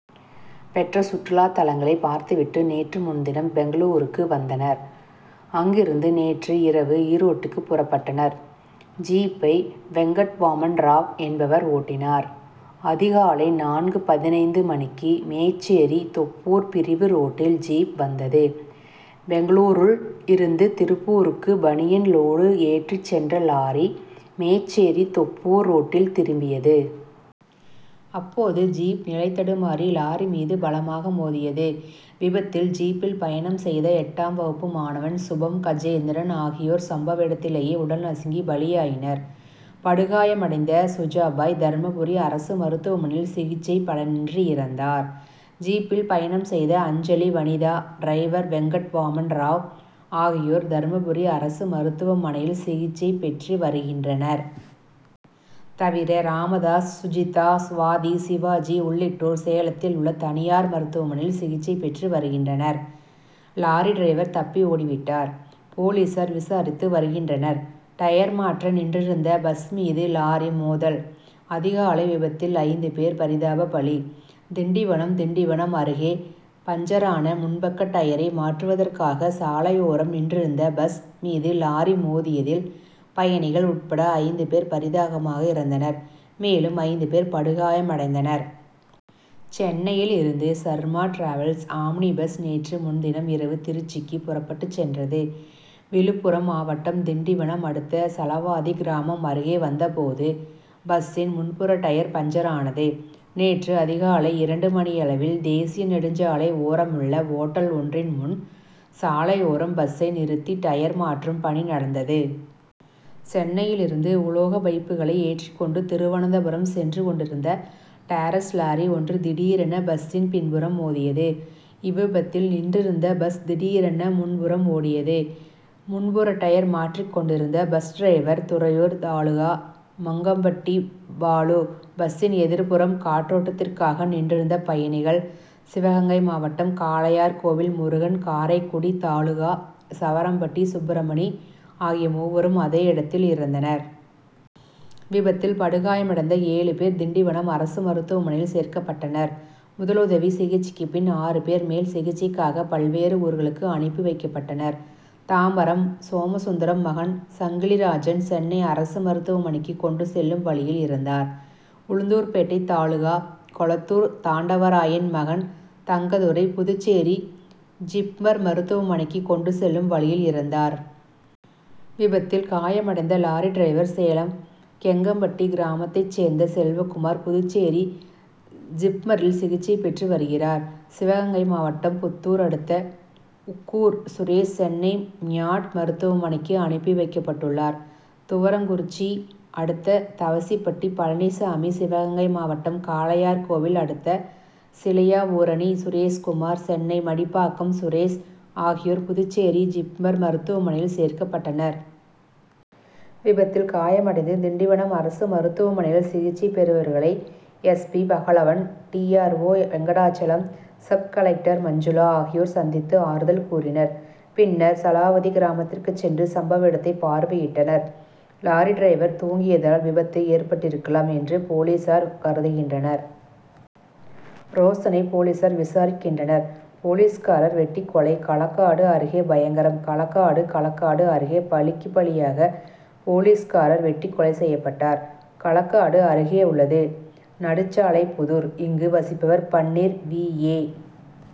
பெற்ற சுற்றுலா தலங்களை பார்த்து விட்டு நேற்று முன்தினம் பெங்களூருக்கு வந்தனர். அங்கிருந்து நேற்று இரவு ஈரோடுக்கு புறப்பட்டனர். ஜீப்பை வெங்கட்வாமன் ராவ் என்பவர் ஓட்டினார். அதிகாலை நான்கு பதினைந்து மணிக்கு மேச்சேரி தொப்பூர் பிரிவு ரோட்டில் ஜீப் வந்தது. பெங்களூருல் இருந்து திருப்பூருக்கு பனியன் லோடு ஏற்றிச் சென்ற லாரி மேச்சேரி- தொப்பூர் ரோட்டில் திரும்பியது. அப்போது ஜீப் நிலை தடுமாறி லாரி மீது பலமாக மோதியது. விபத்தில் ஜீப்பில் பயணம் செய்த எட்டாம் வகுப்பு மாணவன் சுபம் கஜேந்திரன் ஆகியோர் சம்பவ இடத்திலேயே உடல் நசுங்கி பலியாயினர். படுகாயம் அடைந்த சுஜாபாய் தர்மபுரி அரசு மருத்துவமனையில் சிகிச்சை பலனின்றி இறந்தார். ஜீப்பில் பயணம் செய்த அஞ்சலி வனிதா டிரைவர் வெங்கட்வாமன் ராவ் ஆகியோர் தர்மபுரி அரசு மருத்துவ மனை யில் சிகிச்சை பெற்று வருகின்றனர். தவிர ராமதாஸ் சுஜிதா சுவாதி சிவாஜி உள்ளிட்டோர் சேலத்தில் உள்ள தனியார் மருத்துவமனையில் சிகிச்சை பெற்று வருகின்றனர். லாரி டிரைவர் தப்பி ஓடி விட்டார். போலீசார் விசாரித்து வருகின்றனர். டயர் மாற்ற நின்றிருந்த பஸ் மீது லாரி மோதல் அதிகாலை விபத்தில் ஐந்து பேர் பரிதாப பலி திண்டிவனம் திண்டிவனம் அருகே பஞ்சரான முன்பக்க டயரை மாற்றுவதற்காக சாலையோரம் நின்றிருந்த பஸ் மீது லாரி மோதியதில் பயணிகள் உட்பட ஐந்து பேர் பரிதாபமாக இறந்தனர் மேலும் ஐந்து பேர் படுகாயமடைந்தனர். சென்னையில் இருந்து சர்மா டிராவல்ஸ் ஆம்னி பஸ் நேற்று முன்தினம் இரவு திருச்சிக்கு புறப்பட்டுச் சென்றது. விழுப்புரம் மாவட்டம் திண்டிவனம் அடுத்த சலவாதி கிராமம் அருகே வந்த போது பஸ்சின் முன்புற டயர் பஞ்சரானது. நேற்று அதிகாலை இரண்டு மணியளவில் தேசிய நெடுஞ்சாலை ஓரமுள்ள ஓட்டல் ஒன்றின் முன் சாலையோரம் பஸ்சை நிறுத்தி டயர் மாற்றும் பணி நடந்தது. சென்னையில் இருந்து உலோக பைப்புகளை ஏற்றிக்கொண்டு திருவனந்தபுரம் சென்று கொண்டிருந்த டாரஸ் லாரி ஒன்று திடீரென பஸ்சின் பின்புறம் மோதியது. இவ்விபத்தில் நின்றிருந்த பஸ் திடீரென முன்புறம் ஓடியது. முன்புற டயர் மாற்றிக் கொண்டிருந்த பஸ் டிரைவர் துறையூர் தாலுகா மங்கப்பட்டி பாலு பஸ்சின் எதிர்புறம் காற்றோட்டத்திற்காக நின்றிருந்த பயணிகள் சிவகங்கை மாவட்டம் காளையார் கோவில் முருகன் காரைக்குடி தாலுகா சவரம்பட்டி சுப்ரமணி ஆகிய மூவரும் அதே இடத்தில் இறந்தனர். விபத்தில் படுகாயமடைந்த ஏழு பேர் திண்டிவனம் அரசு மருத்துவமனையில் சேர்க்கப்பட்டனர். முதலுதவி சிகிச்சைக்கு பின் ஆறு பேர் மேல் சிகிச்சைக்காக பல்வேறு ஊர்களுக்கு அனுப்பி வைக்கப்பட்டனர். தாம்பரம் சோமசுந்தரம் மகன் சங்கிலிராஜன் சென்னை அரசு மருத்துவமனைக்கு கொண்டு செல்லும் வழியில் இறந்தார். உளுந்தூர்பேட்டை தாலுகா கொளத்தூர் தாண்டவராயன் மகன் தங்கதுரை புதுச்சேரி ஜிப்மர் மருத்துவமனைக்கு கொண்டு செல்லும் வழியில் இறந்தார். விபத்தில் காயமடைந்த லாரி டிரைவர் சேலம் கெங்கப்பட்டி கிராமத்தைச் சேர்ந்த செல்வகுமார் புதுச்சேரி ஜிப்மரில் சிகிச்சை பெற்று வருகிறார். சிவகங்கை மாவட்டம் புத்தூர் அடுத்த உக்கூர் சுரேஷ் சென்னை மியாட் மருத்துவமனைக்கு அனுப்பி வைக்கப்பட்டுள்ளார். துவரங்குறிச்சி அடுத்த தவசிப்பட்டி பழனிசாமி சிவகங்கை மாவட்டம் காளையார் கோவில் அடுத்த சிலையாவூரணி சுரேஷ்குமார் சென்னை மடிப்பாக்கம் சுரேஷ் ஆகியோர் புதுச்சேரி ஜிப்மர் மருத்துவமனையில் சேர்க்கப்பட்டனர். விபத்தில் காயமடைந்து திண்டிவனம் அரசு மருத்துவமனையில் சிகிச்சை பெறுபவர்களை S. P. Pagalavan D. R. O. Venkatachalam sub collector Manjula ஆகியோர் சந்தித்து ஆறுதல் கூறினர். பின்னர் சலவாதி கிராமத்திற்கு சென்று சம்பவ இடத்தை பார்வையிட்டனர். லாரி டிரைவர் தூங்கியதால் விபத்து ஏற்பட்டிருக்கலாம் என்று போலீசார் கருதுகின்றனர். ரோஷணை போலீசார் விசாரிக்கின்றனர். போலீஸ்காரர் வெட்டிக் கொலை களக்காடு அருகே பயங்கரம் களக்காடு களக்காடு அருகே பழிக்கு பழியாக போலீஸ்காரர் வெட்டிக் கொலை செய்யப்பட்டார். களக்காடு அருகேயுள்ளது நடுச்சாலைப்புதூர். இங்கு வசிப்பவர் பன்னீர். வி. ஏ.